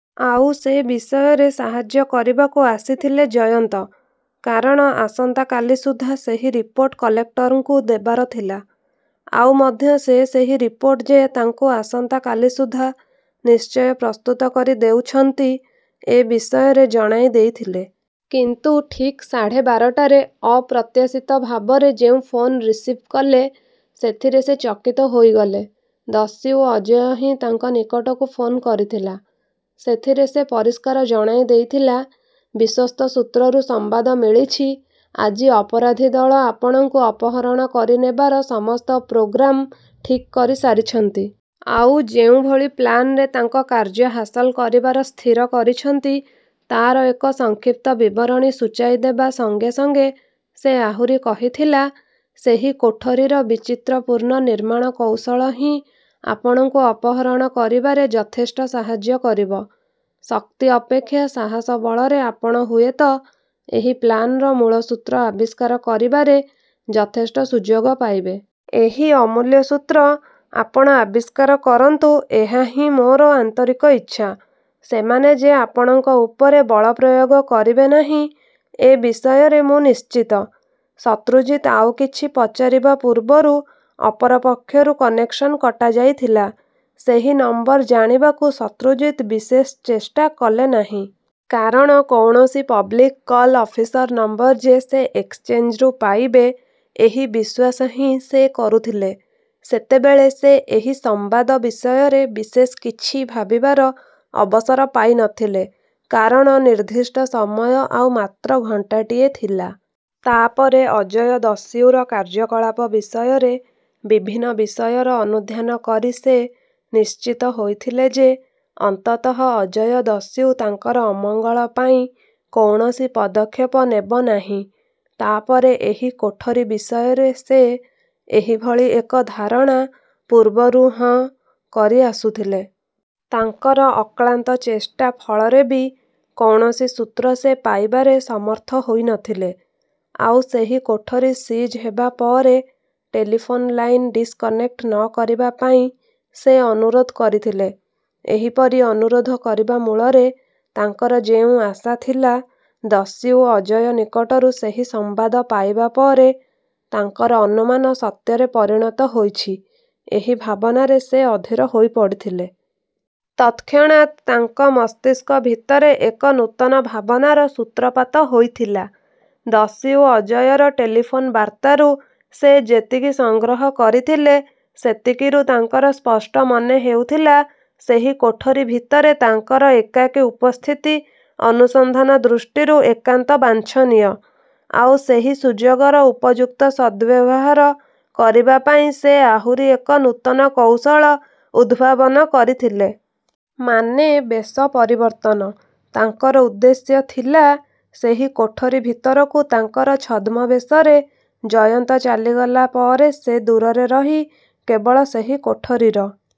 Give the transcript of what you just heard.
ଆଉ ସେ ବିଷୟରେ ସାହାଯ୍ୟ କରିବାକୁ ଆସିଥିଲେ ଜୟନ୍ତ। କାରଣ ଆସନ୍ତା କାଲି ସୁଦ୍ଧା ସେହି ରିପୋର୍ଟ କଲେକ୍ଟରଙ୍କୁ ଦେବାର ଥିଲା। ଆଉ ମଧ୍ୟ ସେ ସେହି ରିପୋର୍ଟ ଯେ ତାଙ୍କୁ ଆସନ୍ତା କାଲି ସୁଦ୍ଧା ନିଶ୍ଚୟ ପ୍ରସ୍ତୁତ କରି ଦେଉଛନ୍ତି, ଏ ବିଷୟରେ ଜଣାଇ ଦେଇଥିଲେ। କିନ୍ତୁ ଠିକ୍ ସାଢ଼େ ବାରଟାରେ ଅପ୍ରତ୍ୟାଶିତ ଭାବରେ ଯେଉଁ ଫୋନ୍ ରିସିଭ୍ କଲେ, ସେଥିରେ ସେ ଚକିତ ହୋଇଗଲେ। ଦସ୍ୟୁ ଅଜୟ ହିଁ ତାଙ୍କ ନିକଟକୁ ଫୋନ୍ କରିଥିଲା। ସେଥିରେ ସେ ପରିଷ୍କାର ଜଣାଇ ଦେଇଥିଲା-ବିଶ୍ୱସ୍ତସୂତ୍ରରୁ ସମ୍ବାଦ ମିଳିଛି, ଆଜି ଅପରାଧୀ ଦଳ ଆପଣଙ୍କୁ ଅପହରଣ କରି ନେବାର ସମସ୍ତ ପ୍ରୋଗ୍ରାମ୍ ଠିକ୍ କରି ସାରିଛନ୍ତି। ଆଉ ଯେଉଁଭଳି ପ୍ଲାନରେ ତାଙ୍କ କାର୍ଯ୍ୟ ହାସଲ କରିବାର ସ୍ଥିର କରିଛନ୍ତି, ତାର ଏକ ସଂକ୍ଷିପ୍ତ ବିବରଣୀ ସୂଚାଇ ଦେବା ସଙ୍ଗେ ସଙ୍ଗେ ସେ ଆହୁରି କହିଥିଲା, ସେହି କୋଠରିର ବିଚିତ୍ରପୂର୍ଣ୍ଣ ନିର୍ମାଣକୌଶଳ ହିଁ ଆପଣଙ୍କୁ ଅପହରଣ କରିବାରେ ଯଥେଷ୍ଟ ସାହାଯ୍ୟ କରିବ। ଶକ୍ତି ଅପେକ୍ଷା ସାହସ ବଳରେ ଆପଣ ହୁଏ ତ ଏହି ପ୍ଲାନର୍ ମୂଳସୂତ୍ର ଆବିଷ୍କାର କରିବାରେ ଯଥେଷ୍ଟ ସୁଯୋଗ ପାଇବେ। ଏହି ଅମୁଲ୍ୟ ସୂତ୍ର ଆପଣ ଆବିଷ୍କାର କରନ୍ତୁ, ଏହା ହିଁ ମୋର ଆନ୍ତରିକ ଇଚ୍ଛା। ସେମାନେ ଯେ ଆପଣଙ୍କ ଉପରେ ବଳପ୍ରୟୋଗ କରିବେ ନାହିଁ, ଏ ବିଷୟରେ ମୁଁ ନିଶ୍ଚିତ। ଶତ୍ରୁଜିତ ଆଉ କିଛି ପଚାରିବା ପୂର୍ବରୁ ଅପର ପକ୍ଷରୁ କନେକ୍ସନ କଟା ଯାଇଥିଲା। ସେହି ନମ୍ବର ଜାଣିବାକୁ ଶତ୍ରୁଜିତ ବିଶେଷ ଚେଷ୍ଟା କଲେ ନାହିଁ। କାରଣ କୌଣସି ପବ୍ଲିକ୍ କଲ୍ ଅଫିସର ନମ୍ବର ଯେ ସେ ଏକ୍ସଚେଞ୍ଜରୁ ପାଇବେ, ଏହି ବିଶ୍ୱାସ ହିଁ ସେ କରୁଥିଲେ। ସେତେବେଳେ ସେ ଏହି ସମ୍ବାଦ ବିଷୟରେ ବିଶେଷ କିଛି ଭାବିବାର ଅବସର ପାଇ ନ ଥିଲେ। କାରଣ ନିର୍ଦ୍ଦିଷ୍ଟ ସମୟ ଆଉ ମାତ୍ର ଘଣ୍ଟାଟିଏ ଥିଲା। ତା ପରେ ଅଜୟ ଦସ୍ୟୁର କାର୍ଯ୍ୟକଳାପ ବିଷୟରେ ବିଭିନ୍ନ ବିଷୟର ଅନୁଧ୍ୟାନ କରି ସେ ନିଶ୍ଚିତ ହୋଇଥିଲେ ଯେ, ଅନ୍ତତଃ ଅଜୟ ଦସ୍ୟୁ ତାଙ୍କର ଅମଙ୍ଗଳ ପାଇଁ କୌଣସି ପଦକ୍ଷେପ ନେବ ନାହିଁ। ତା ପରେ ଏହି କୋଠରି ବିଷୟରେ ସେ ଏହିଭଳି ଏକ ଧାରଣା ପୂର୍ବରୁହଁ କରି ଆସୁଥିଲେ। ତାଙ୍କର ଅକ୍ଳାନ୍ତ ଚେଷ୍ଟା ଫଳରେ ବି କୌଣସି ସୂତ୍ର ସେ ପାଇବାରେ ସମର୍ଥ ହୋଇ ନ ଥିଲେ। ଆଉ ସେହି କୋଠରି ସିଜ୍ ହେବା ପରେ ଟେଲିଫୋନ୍ ଲାଇନ୍ ଡିସକନେକ୍ଟ ନ କରିବା ପାଇଁ ସେ ଅନୁରୋଧ କରିଥିଲେ। ଏହିପରି ଅନୁରୋଧ କରିବା ମୂଳରେ ତାଙ୍କର ଯେଉଁ ଆଶା ଥିଲା, ଦସ୍ୟୁ ଅଜୟ ନିକଟରୁ ସେହି ସମ୍ବାଦ ପାଇବା ପରେ ତାଙ୍କର ଅନୁମାନ ସତ୍ୟରେ ପରିଣତ ହୋଇଛି, ଏହି ଭାବନାରେ ସେ ଅଧୀର ହୋଇ ପଡ଼ିଥିଲେ। ତତକ୍ଷଣାତ୍ ତାଙ୍କ ମସ୍ତିଷ୍କ ଭିତରେ ଏକ ନୂତନ ଭାବନାର ସୂତ୍ରପାତ ହୋଇଥିଲା। ଦସ୍ୟୁ ଅଜୟର ଟେଲିଫୋନ ବାର୍ତ୍ତାରୁ ସେ ଯେତିକି ସଂଗ୍ରହ କରିଥିଲେ; ସେତିକିରୁ ତାଙ୍କର ସ୍ପଷ୍ଟ ମନେ ହେଉଥିଲା, ସେହି କୋଠରି ଭିତରେ ତାଙ୍କର ଏକାକୀ ଉପସ୍ଥିତି ଅନୁସନ୍ଧାନ ଦୃଷ୍ଟିରୁ ଏକାନ୍ତ ବାଞ୍ଛନୀୟ। ଆଉ ସେହି ସୁଯୋଗର ଉପଯୁକ୍ତ ସଦ୍ବ୍ୟବହାର କରିବା ପାଇଁ ସେ ଆହୁରି ଏକ ନୂତନ କୌଶଳ ଉଦ୍ଭାବନ କରିଥିଲେ। ମାନେ, ବେଶ ପରିବର୍ତ୍ତନ। ତାଙ୍କର ଉଦ୍ଦେଶ୍ୟ ଥିଲା, ସେହି କୋଠରି ଭିତରକୁ ତାଙ୍କର ଛଦ୍ମବେଶରେ ଜୟନ୍ତ ଚାଲିଗଲା ପରେ ସେ ଦୂରରେ ରହି କେବଳ ସେହି କୋଠରିର